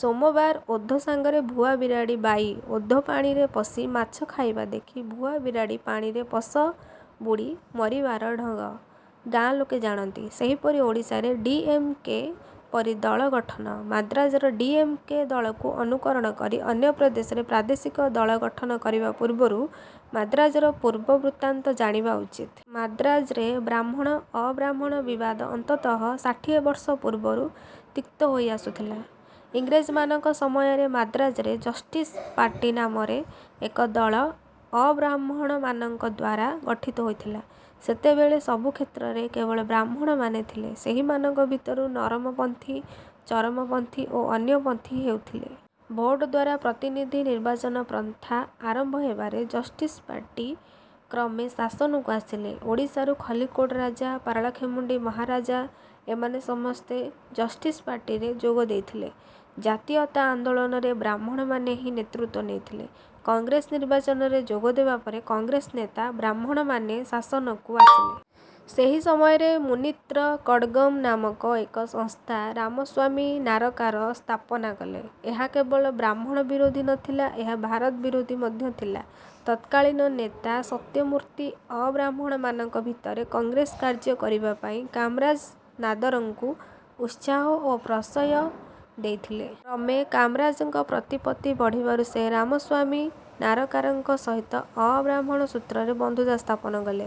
ସୋମବାର ଓଧ ସାଙ୍ଗରେ ଭୁଆ ବିରାଡ଼ି ବାଇ ଓଧ ପାଣିରେ ପଶି ମାଛ ଖାଇବା ଦେଖି ଭୁଆ ବିରାଡ଼ି ପାଣିରେ ପଶ ବୁଡ଼ି ମରିବାର ଢଗ ଗାଁ ଲୋକେ ଜାଣନ୍ତି। ସେହିପରି ଓଡ଼ିଶାରେ ଡି: ଏମ: କେ: ପରି ଦଳ ଗଠନ, ମାନ୍ଦ୍ରାଜର ଡି: ଏମ: କେ ଦଳକୁ ଅନୁକରଣ କରି ଅନ୍ୟ ପ୍ରଦେଶରେ ପ୍ରାଦେଶିକ ଦଳ ଗଠନ କରିବା ପୂର୍ବରୁ ମାନ୍ଦ୍ରାଜର ପୂର୍ବ ବୃତ୍ତାନ୍ତ ଜାଣିବା ଉଚିତ। ମାନ୍ଦ୍ରାଜରେ ବ୍ରାହ୍ମଣ ଅବ୍ରାହ୍ମଣ ବିବାଦ ଅନ୍ତତଃ ଷାଠିଏ ବର୍ଷ ପୂର୍ବରୁ ତିକ୍ତ ହୋଇଆସୁଥିଲା। ଇଂରେଜମାନଙ୍କ ସମୟରେ ମାନ୍ଦ୍ରାଜରେ ଜଷ୍ଟିସ ପାର୍ଟି ନାମରେ ଏକ ଦଳ ଅବ୍ରାହ୍ମଣମାନଙ୍କଦ୍ୱାରା ଗଠିତ ହୋଇଥିଲା। ସେତେବେଳେ ସବୁ କ୍ଷେତ୍ରରେ କେବଳ ବ୍ରାହ୍ମଣମାନେ ଥିଲେ। ସେହିମାନଙ୍କ ଭିତରୁ ନରମପନ୍ଥୀ, ଚରମପନ୍ଥୀ ଓ ଅନ୍ୟ ପନ୍ଥୀ ହେଉଥିଲେ। ଭୋଟଦ୍ୱାରା ପ୍ରତିନିଧି ନିର୍ବାଚନ ପ୍ରଥା ଆରମ୍ଭ ହେବାରେ ଜଷ୍ଟିସ ପାର୍ଟି କ୍ରମେ ଶାସନକୁ ଆସିଲେ। ଓଡ଼ିଶାରୁ ଖଲିକୋଟ ରାଜା, ପାରଳାଖେମୁଣ୍ଡି ମହାରାଜା ଏମାନେ ସମସ୍ତେ ଜଷ୍ଟିସ ପାର୍ଟିରେ ଯୋଗ ଦେଇଥିଲେ। ଜାତୀୟତା ଆନ୍ଦୋଳନରେ ବ୍ରାହ୍ମଣମାନେ ହିଁ ନେତୃତ୍ୱ ନେଇଥିଲେ। କଂଗ୍ରେସ ନିର୍ବାଚନରେ ଯୋଗ ଦେବା ପରେ କଂଗ୍ରେସ ନେତା ବ୍ରାହ୍ମଣମାନେ ଶାସନକୁ ଆସିଲେ। ସେହି ସମୟରେ ମୁନିତ୍ର କଡ଼ଗମ ନାମକ ଏକ ସଂସ୍ଥା ରାମସ୍ୱାମୀ ନାରକାର ସ୍ଥାପନ କଲେ। ଏହା କେବଳ ବ୍ରାହ୍ମଣ ବିରୋଧୀ ନଥିଲା, ଏହା ଭାରତ ବିରୋଧୀ ମଧ୍ୟ ଥିଲା। ତତ୍କାଳୀନ ନେତା ସତ୍ୟମୂର୍ତ୍ତି ଅବ୍ରାହ୍ମଣମାନଙ୍କ ଭିତରେ କଂଗ୍ରେସ କାର୍ଯ୍ୟ କରିବାପାଇଁ କାମରାଜ ନାଦରଙ୍କୁ ଉତ୍ସାହ ଓ ପ୍ରଶ୍ରୟ ଦେଇଥିଲେ। କ୍ରମେ କାମରାଜଙ୍କ ପ୍ରତିପତ୍ତି ବଢ଼ିବାରୁ ସେ ରାମସ୍ୱାମୀ ନାରକାରଙ୍କ ସହିତ ଅବ୍ରାହ୍ମଣ ସୂତ୍ରରେ ବନ୍ଧୁତା ସ୍ଥାପନ କଲେ।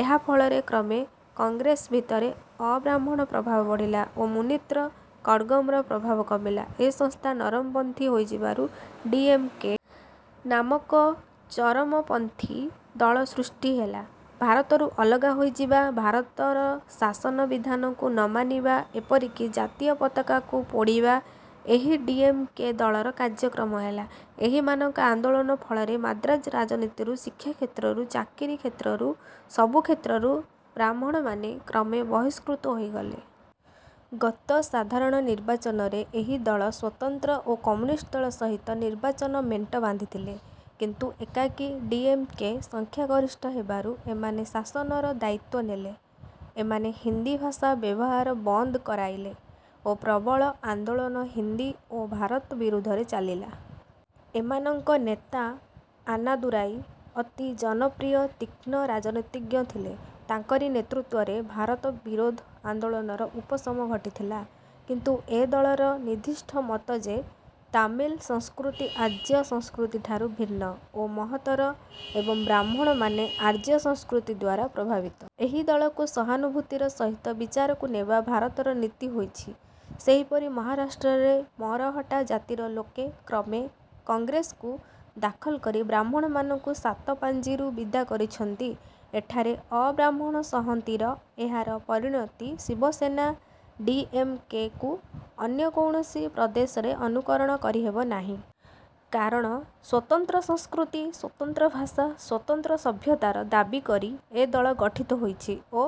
ଏହା ଫଳରେ କ୍ରମେ କଂଗ୍ରେସ ଭିତରେ ଅବ୍ରାହ୍ମଣ ପ୍ରଭାବ ବଢ଼ିଲା ଓ ମୁନିତ୍ର କଡ଼ଗମର ପ୍ରଭାବ କମିଲା। ଏ ସଂସ୍ଥା ନରମପନ୍ଥୀ ହୋଇଯିବାରୁ ଡି. ଏମ. କେ. ନାମକ ଚରମପନ୍ଥୀ ଦଳ ସୃଷ୍ଟି ହେଲା। ଭାରତରୁ ଅଲଗା ହୋଇଯିବା, ଭାରତର ଶାସନ ବିଧାନକୁ ନ ମାନିବା, ଏପରିକି ଜାତୀୟ ପତାକାକୁ ପୋଡ଼ିବା ଏହି ଡି. ଏମ. କେ. ଦଳର କାର୍ଯ୍ୟକ୍ରମ ହେଲା। ଏହିମାନଙ୍କ ଆନ୍ଦୋଳନ ଫଳରେ ମାନ୍ଦ୍ରାଜ ରାଜନୀତିରୁ ଶିକ୍ଷାକ୍ଷେତ୍ରରୁ ଚାକିରି କ୍ଷେତ୍ରରୁ, ସବୁ କ୍ଷେତ୍ରରୁ ବ୍ରାହ୍ମଣମାନେ କ୍ରମେ ବହିଷ୍କୃତ ହୋଇଗଲେ। ଗତ ସାଧାରଣ ନିର୍ବାଚନରେ ଏହି ଦଳ ସ୍ୱତନ୍ତ୍ର ଓ କମ୍ୟୁନିଷ୍ଟ ଦଳ ସହିତ ନିର୍ବାଚନ ମେଣ୍ଟ ବାନ୍ଧିଥିଲେ; କିନ୍ତୁ ଏକାକୀ ଡି. ଏମ. କେ. ସଂଖ୍ୟାଗରିଷ୍ଠ ହେବାରୁ ଏମାନେ ଶାସନର ଦାୟିତ୍ୱ ନେଲେ। ଏମାନେ ହିନ୍ଦୀ ଭାଷା ବ୍ୟବହାର ବନ୍ଦ କରାଇଲେ ଓ ପ୍ରବଳ ଆନ୍ଦୋଳନ ହିନ୍ଦୀ ଓ ଭାରତ ବିରୁଦ୍ଧରେ ଚାଲିଲା। ଏମାନଙ୍କ ନେତା ଆନାଦୁରାଇ ଅତି ଜନପ୍ରିୟ ତୀକ୍ଷ୍ଣ ରାଜନୀତିଜ୍ଞ ଥିଲେ। ତାଙ୍କରି ନେତୃତ୍ୱରେ ଭାରତ ବିରୋଧ ଆନ୍ଦୋଳନର ଉପସମ ଘଟିଥିଲା; କିନ୍ତୁ ଏ ଦଳର ନିର୍ଦ୍ଦିଷ୍ଟ ମତ ଯେ ତାମିଲ ସଂସ୍କୃତି ଆର୍ଯ୍ୟ ସଂସ୍କୃତିଠାରୁ ଭିନ୍ନ ଓ ମହତ୍ତର ଏବଂ ବ୍ରାହ୍ମଣମାନେ ଆର୍ଯ୍ୟ ସଂସ୍କୃତିଦ୍ୱାରା ପ୍ରଭାବିତ। ଏହି ଦଳକୁ ସହାନୁଭୂତିର ସହିତ ବିଚାରକୁ ନେବା ଭାରତର ନୀତି ହୋଇଛି। ସେହିପରି ମହାରାଷ୍ଟ୍ରରେ ମରହଟ୍ଟା ଜାତିର ଲୋକେ କ୍ରମେ କଂଗ୍ରେସକୁ ଦଖଲକରି ବ୍ରାହ୍ମଣମାନଙ୍କୁ ସାତପାଞ୍ଜିରୁ ବିଦା କରିଛନ୍ତି। ଏଠାର ଅବ୍ରାହ୍ମଣ ସଂହତିର ଏହାର ପରିଣତି 'ଶିବସେନା', ଡି. ଏମ. କେ. କୁ ଅନ୍ୟ କୌଣସି ପ୍ରଦେଶରେ ଅନୁକରଣ କରିହେବ ନାହିଁ। କାରଣ ସ୍ୱତନ୍ତ୍ର ସଂସ୍କୃତି, ସ୍ୱତନ୍ତ୍ର ଭାଷା, ସ୍ୱତନ୍ତ୍ର ସଭ୍ୟତାର ଦାବି କରି ଏ ଦଳ ଗଠିତ ହୋଇଛି ଓ